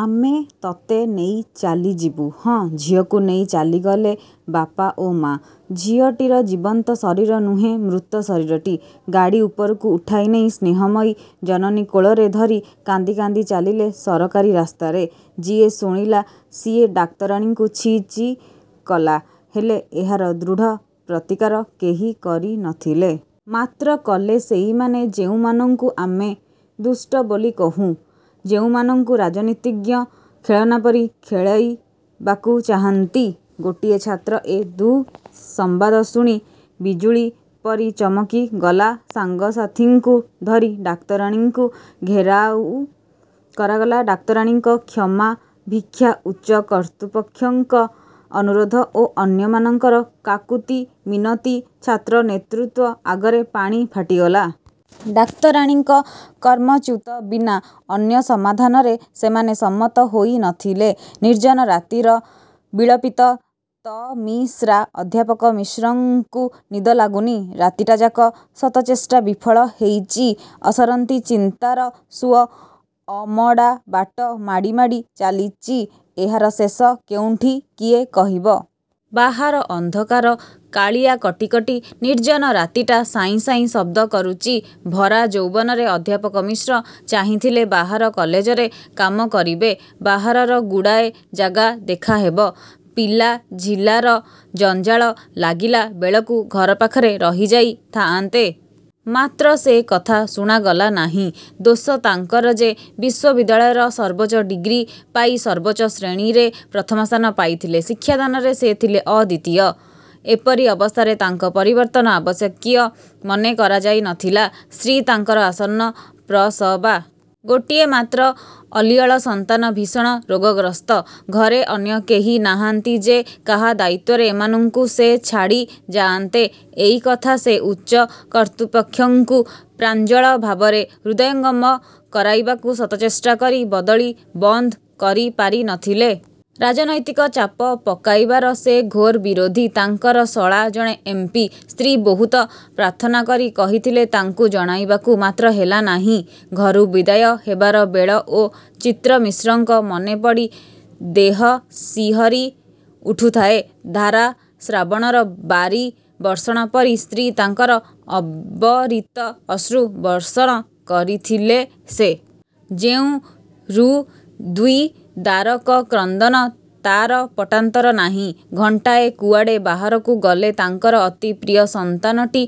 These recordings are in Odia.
ଆମେ ତତେ ନେଇ ଚାଲିଯିବୁ। ହଁ, ଝିଅକୁ ନେଇ ଚାଲିଗଲେ ବାପା ଓ ମା। ଝିଅଟିର ଜୀବନ୍ତ ଶରୀର ନୁହେଁ ମୃତ ଶରୀରଟି। ଗାଡ଼ି ଉପରକୁ ଉଠାଇ ନେଇ ସ୍ନେହମୟୀ ଜନନୀ କୋଳରେ ଧରି କାନ୍ଦି କାନ୍ଦି ଚାଲିଲେ ସରକାରୀ ରାସ୍ତାରେ। ଯିଏ ଶୁଣିଲା, ସିଏ ଡାକ୍ତରାଣୀଙ୍କୁ ଛି ଛି କଲା, ହେଲେ ଏହାର ଦୃଢ଼ ପ୍ରତିକାର କେହି କରି ନ ଥିଲେ। ମାତ୍ର କଲେ ସେଇମାନେ, ଯେଉଁମାନଙ୍କୁ ଆମେ ଦୁଷ୍ଟ ବୋଲି କହୁଁ। ଯେଉଁମାନଙ୍କୁ ରାଜନୀତିଜ୍ଞ ଖେଳନା ପରି ଖେଳାଇବାକୁ ଚାହାନ୍ତି। ଗୋଟିଏ ଛାତ୍ର ଏ ଦୁଃସମ୍ବାଦ ଶୁଣି ବିଜୁଳି ପରି ଚମକିଗଲା, ସାଙ୍ଗସାଥୀଙ୍କୁ ଧରି ଡାକ୍ତରାଣୀଙ୍କୁ ଘେରାଉ କରାଗଲା। ଡାକ୍ତରାଣୀଙ୍କ କ୍ଷମାଭିକ୍ଷା, ଉଚ୍ଚ କର୍ତ୍ତୃପକ୍ଷଙ୍କ ଅନୁରୋଧ ଓ ଅନ୍ୟମାନଙ୍କର କାକୁତି ମିନତୀ ଛାତ୍ର ନେତୃତ୍ୱ ଆଗରେ ପାଣି ଫାଟିଗଲା। ଡାକ୍ତରାଣୀଙ୍କ କର୍ମଚ୍ୟୁତ ବିନା ଅନ୍ୟ ସମାଧାନରେ ସେମାନେ ସମ୍ମତ ହୋଇ ନ ଥିଲେ। ନିର୍ଜନ ରାତିର ବିଳପିତ ତମିଶ୍ରା ଅଧ୍ୟାପକ ମିଶ୍ରଙ୍କୁ ନିଦ ଲାଗୁନି। ରାତିଟାଯାକ ଶତଚେଷ୍ଟା ବିଫଳ ହେଇଚି। ଅସରନ୍ତି ଚିନ୍ତାର ସୁଅ ଅମଡ଼ାବାଟ ମାଡ଼ି ମାଡ଼ି ଚାଲିଚି। ଏହାର ଶେଷ କେଉଁଠି, କିଏ କହିବ। ବାହାର ଅନ୍ଧକାର କାଳିଆ କଟି କଟି। ନିର୍ଜନ ରାତିଟା ସାଇଁ ସାଇଁ ଶବ୍ଦ କରୁଚି। ଭରା ଯୌବନରେ ଅଧ୍ୟାପକ ମିଶ୍ର ଚାହିଁଥିଲେ ବାହାର କଲେଜରେ କାମ କରିବେ। ବାହାରର ଗୁଡ଼ାଏ ଜାଗା ଦେଖା ହେବ। ପିଲାଝିଲାର ଜଞ୍ଜାଳ ଲାଗିଲା ବେଳକୁ ଘର ପାଖରେ ରହିଯାଇ ଥାଆନ୍ତେ। ମାତ୍ର ସେ କଥା ଶୁଣାଗଲା ନାହିଁ। ଦୋଷ ତାଙ୍କର ଯେ, ବିଶ୍ୱବିଦ୍ୟାଳୟର ସର୍ବୋଚ୍ଚ ଡ଼ିଗ୍ରୀ, ପାଇ ସର୍ବୋଚ୍ଚ ଶ୍ରେଣୀରେ ପ୍ରଥମ ସ୍ଥାନ ପାଇଥିଲେ। ଶିକ୍ଷାଦାନରେ ସେ ଥିଲେ ଅଦ୍ୱିତୀୟ! ଏପରି ଅବସ୍ଥାରେ ତାଙ୍କ ପରିବର୍ତ୍ତନ ଆବଶ୍ୟକୀୟ ମନେ କରାଯାଇ ନ ଥିଲା। ସ୍ତ୍ରୀ ତାଙ୍କର ଆସନ୍ନପ୍ରସବା। ଗୋଟିଏ ମାତ୍ର ଅଳିଅଳ ସନ୍ତାନ ଭୀଷଣ ରୋଗଗ୍ରସ୍ତ। ଘରେ ଅନ୍ୟ କେହି ନାହାନ୍ତି ଯେ, କାହା ଦାୟିତ୍ୱରେ ଏମାନଙ୍କୁ ସେ ଛାଡ଼ି ଯାଆନ୍ତେ। ଏଇ କଥା ସେ ଉଚ୍ଚ କର୍ତ୍ତୃପକ୍ଷଙ୍କୁ ପ୍ରାଞ୍ଜଳ ଭାବରେ ହୃଦୟଙ୍ଗମ କରାଇବାକୁ ଶତଚେଷ୍ଟା କରି ବଦଳି ବନ୍ଦ କରି ପାରି ନ ଥିଲେ। ରାଜନୈତିକ ଚାପ ପକାଇବାର ସେ ଘୋର ବିରୋଧୀ ତାଙ୍କର ଶଳା ଜଣେ ଏମ୍, ପି,। ସ୍ତ୍ରୀ ବହୁତ ପ୍ରାର୍ଥନା କରି କହିଥିଲେ ତାଙ୍କୁ ଜଣାଇବାକୁ। ମାତ୍ର ହେଲା ନାହିଁ। ଘରୁ ବିଦାୟ ହେବାର ବେଳ ଓ ଚିତ୍ର ମିଶ୍ରଙ୍କ ମନେପଡ଼ି ଦେହ ଶିହରି ଉଠୁଥାଏ। ଧାରାଶ୍ରାବଣର ବାରି ବର୍ଷଣ ପରି ସ୍ତ୍ରୀ ତାଙ୍କର ଅବରିତ ଅଶ୍ରୁ ବର୍ଷଣ କରିଥିଲେ ସେ। ଯେଉଁ ହୃଦ୍ବିଦାରକ କ୍ରନ୍ଦନ ତାର ପଟାନ୍ତର ନାହିଁ। ଘଣ୍ଟାଏ କୁଆଡ଼େ ବାହାରକୁ ଗଲେ ତାଙ୍କର ଅତି ପ୍ରିୟ ସନ୍ତାନଟି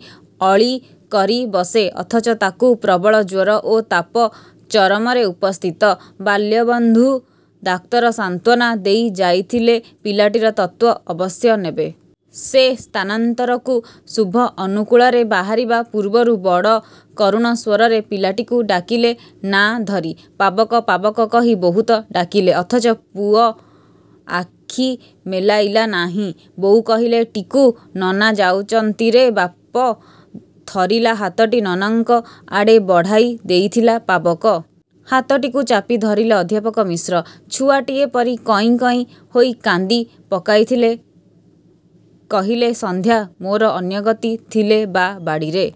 ଅଳି କରିବସେ। ଅଥଚ ତାକୁ ପ୍ରବଳ ଜ୍ୱର ଓ ତାପ ଚରମରେ ଉପସ୍ଥିତ। ବାଲ୍ୟବନ୍ଧୁ ଡାକ୍ତର ସାନ୍ତ୍ୱନା ଦେଇ ଯାଇଥିଲେ, ପିଲାଟିର ତତ୍ତ୍ୱ ଅବଶ୍ୟ ନେବେ। ସେ ସ୍ଥାନାନ୍ତରକୁ ଶୁଭ ଅନୁକୂଳରେ ବାହାରିବା ପୂର୍ବରୁ ବଡ଼ କରୁଣ ସ୍ୱରରେ ପିଲାଟିକୁ ଡାକିଲେ ନାଁ ଧରି। 'ପାବକ' 'ପାବକ' କହି ବହୁତ ଡାକିଲେ-। ଅଥଚ ପୁଅ ଆଖି ମେଲାଇଲା ନାହିଁ। ବୋଉ କହିଲେ 'ଟିକୁ', ନନା ଯାଉଚନ୍ତିରେ ବାପ-! ଥରିଲା ହାତଟି ନନାଙ୍କ ଆଡ଼େ ବଢ଼ାଇ ଦେଇଥିଲା ପାବକ। ହାତଟିକୁ ଚାପି ଧରିଲେ ଅଧ୍ୟାପକ ମିଶ୍ର-। ଛୁଆଟିଏ ପରି କଇଁ କଇଁ ହୋଇ କାନ୍ଦି ପକାଇଥିଲେ କହିଲେ—ସନ୍ଧ୍ୟା, ମୋର ଅନ୍ୟଗତି ଥିଲେ ବା ବାଡ଼ିରେ